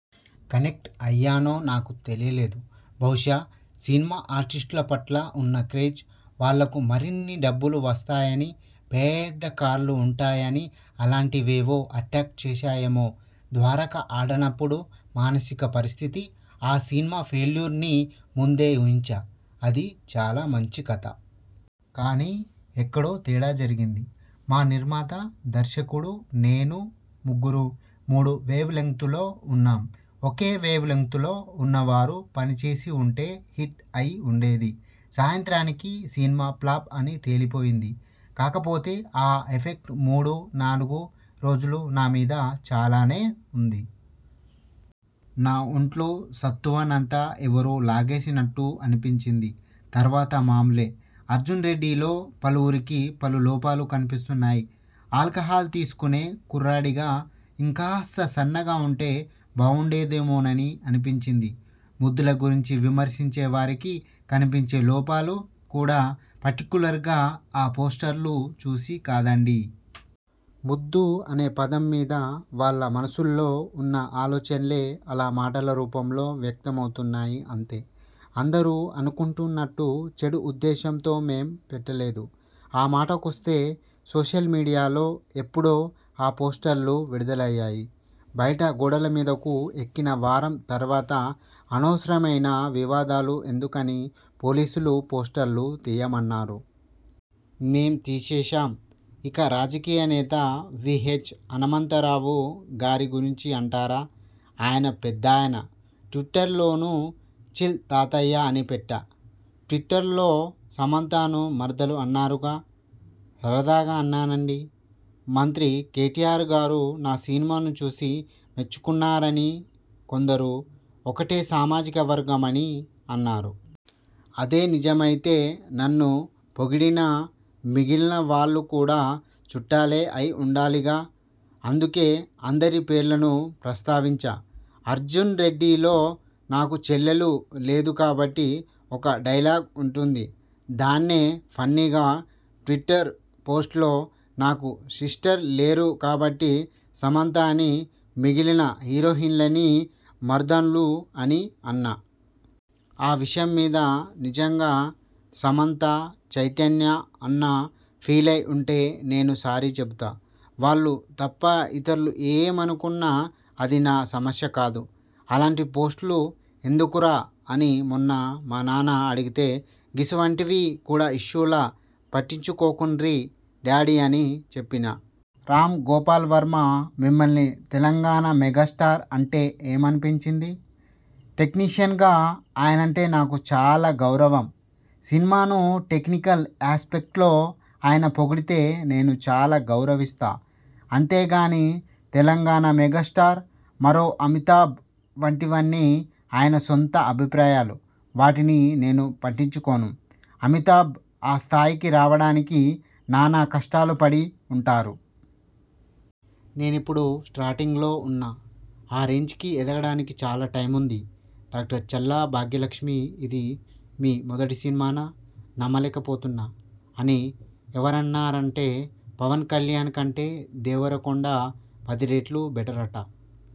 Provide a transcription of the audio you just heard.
Connect అయ్యానో నాకు తెలియలేదు. బహుశా సినిమా ఆర్టిస్టుల పట్ల ఉన్న క్రేజ్, వాళ్లకు మరిన్ని డబ్బులు వస్తాయని, పేద్ద కార్లు ఉంటాయని అలాంటి వేవో అట్రాక్ట్ చేశాయేమో 'ద్వారక' ఆడనప్పుడు మానసిక పరిస్థితి? ఆ సినిమా ఫెయిల్యూర్ని ముందే ఊహించా. అది చాలా మంచి కథ. కానీ ఎక్కడో తేడా జరిగింది. మా నిర్మాత, దర్శకుడు, నేను ముగ్గురూ మూడు వేవ్లెంగ్త్లలో ఉన్నాం. ఒకే వేవ్లెంగ్త్లో ఉన్నవారు పనిచేసి ఉంటే హిట్ అయి ఉండేది. సాయంత్రానికి సినిమా ఫ్ల్లాప్ అని తేలిపోయింది. కాకపోతే ఆ ఎఫెక్ట్ మూడు, నాలుగు రోజులు నా మీద చాలానే ఉంది. నా ఒంట్లో సత్తువ నంతా ఎవరో లాగేసినట్టు అనిపించింది. తర్వాత మామూలే. 'అర్జున్రెడ్డి'లో పలువురికి పలు లోపాలు కనిపిస్తున్నాయి.. ఆల్కహాల్ తీసుకునే కుర్రాడిగా ఇంకాస్త సన్నగా ఉంటే బావుండేదేమోనని అనిపించింది. ముద్దుల గురించి విమర్శించే వారికి కనిపించే లోపాలు కూడా పర్టిక్యులర్గా ఆ పోస్టర్లు చూసి కాదండీ. 'ముద్దు' అనే పదం మీద వాళ్ల మనస్సుల్లో ఉన్న ఆలోచనలే అలా మాటల రూపంలో వ్యక్తం అవుతున్నాయి అంతే. అందరూ అనుకుంటున్నట్టు చెడు ఉద్దేశంతో మేం పెట్టలేదు. ఆ మాటకొస్తే సోషల్ మీడియాలో ఎప్పుడో ఆ పోస్టర్లు విడుదలయ్యాయి. బయట గోడల మీదకు ఎక్కిన వారం తర్వాత అనవసరమైన వివాదాలు ఎందుకని పోలీసులు పోస్టర్లు తీయమన్నారు. మేం తీసేశాం. ఇక రాజకీయ నేత వీహెచ్ హనుమంతరావు గారి గురించి అంటారా ఆయన పెద్దాయన ట్విట్టర్లోనూ 'చిల్ తాతయ్య' అని పెట్టా. 'ట్విట్టర్లో సమంతను మరదలు అన్నారుగా? సరదాగా అన్నానండీ. మంత్రి కేటీఆర్ గారు నా సినిమాను చూసి మెచ్చుకున్నారని కొందరు 'ఒకటే సామాజిక వర్గం' అని అన్నారు. అదే నిజమైతే నన్ను పొగిడిన మిగిలిన వాళ్లు కూడా చుట్టాలే అయి ఉండాలిగా అందుకే అందరి పేర్లనూ ప్రస్తావించా. 'అర్జున్రెడ్డి'లో 'నాకు చెల్లెలు లేదు కాబట్టి' ఒక డైలాగ్ ఉంటుంది. దాన్నే ఫన్నీగా ట్విట్టర్ పోస్ట్లో నాకు సిస్టర్స్ లేరు కాబట్టి సమంతని మిగిలిన హీరోయిన్లనీ మరదళ్లు అని అన్నా. ఆ విషయం మీద నిజంగా సమంత, చైతన్య అన్నా ఫీలై ఉంటే నేను సారీ చెబుతా. వాళ్లు తప్ప ఇతరులు ఏమనుకున్నా అది నా సమస్య కాదు. 'అలాంటి పోస్టులు ఎందుకురా' అని మొన్న మా నాన్న అడిగితే 'గిసువంటివి కూడా ఇష్యూలా.. పట్టించుకోకుండ్రి డాడీ' అని చెప్పినా. రామ్గోపాల్ వర్మ మిమ్మల్ని తెలంగాణ మెగాస్టార్ అంటే ఏమనిపించింది? టెక్నీషియన్గా ఆయనంటే నాకు చాలా గౌరవం. సినిమాను టెక్నికల్ యాస్పెక్ట్లో ఆయన పొడిగితే నేను చాలా గౌరవిస్తా. అంతేగానీ తెలంగాణ మెగాస్టార్, మరో అమితాబ్ వంటివన్నీ ఆయన సొంత అభిప్రాయాలు. వాటిని నేను పట్టించుకోను. అమితాబ్ ఆ స్థాయికి రావడానికి నానా కష్టాలు పడి ఉంటారు. నేనిప్పుడు స్టార్టింగ్లో ఉన్నా ఆ రేంజ్కి ఎదగడానికి చాలా టైమ్ ఉంది. డా. చల్లా భాగ్యలక్ష్మి ఇది మీ మొదటి సినిమానా? నమ్మలేకపోతున్నా! అని ఎవరన్నారంటే పవన్ కల్యాణ్ కంటే దేవరకొండ పది రెట్లు బెటరట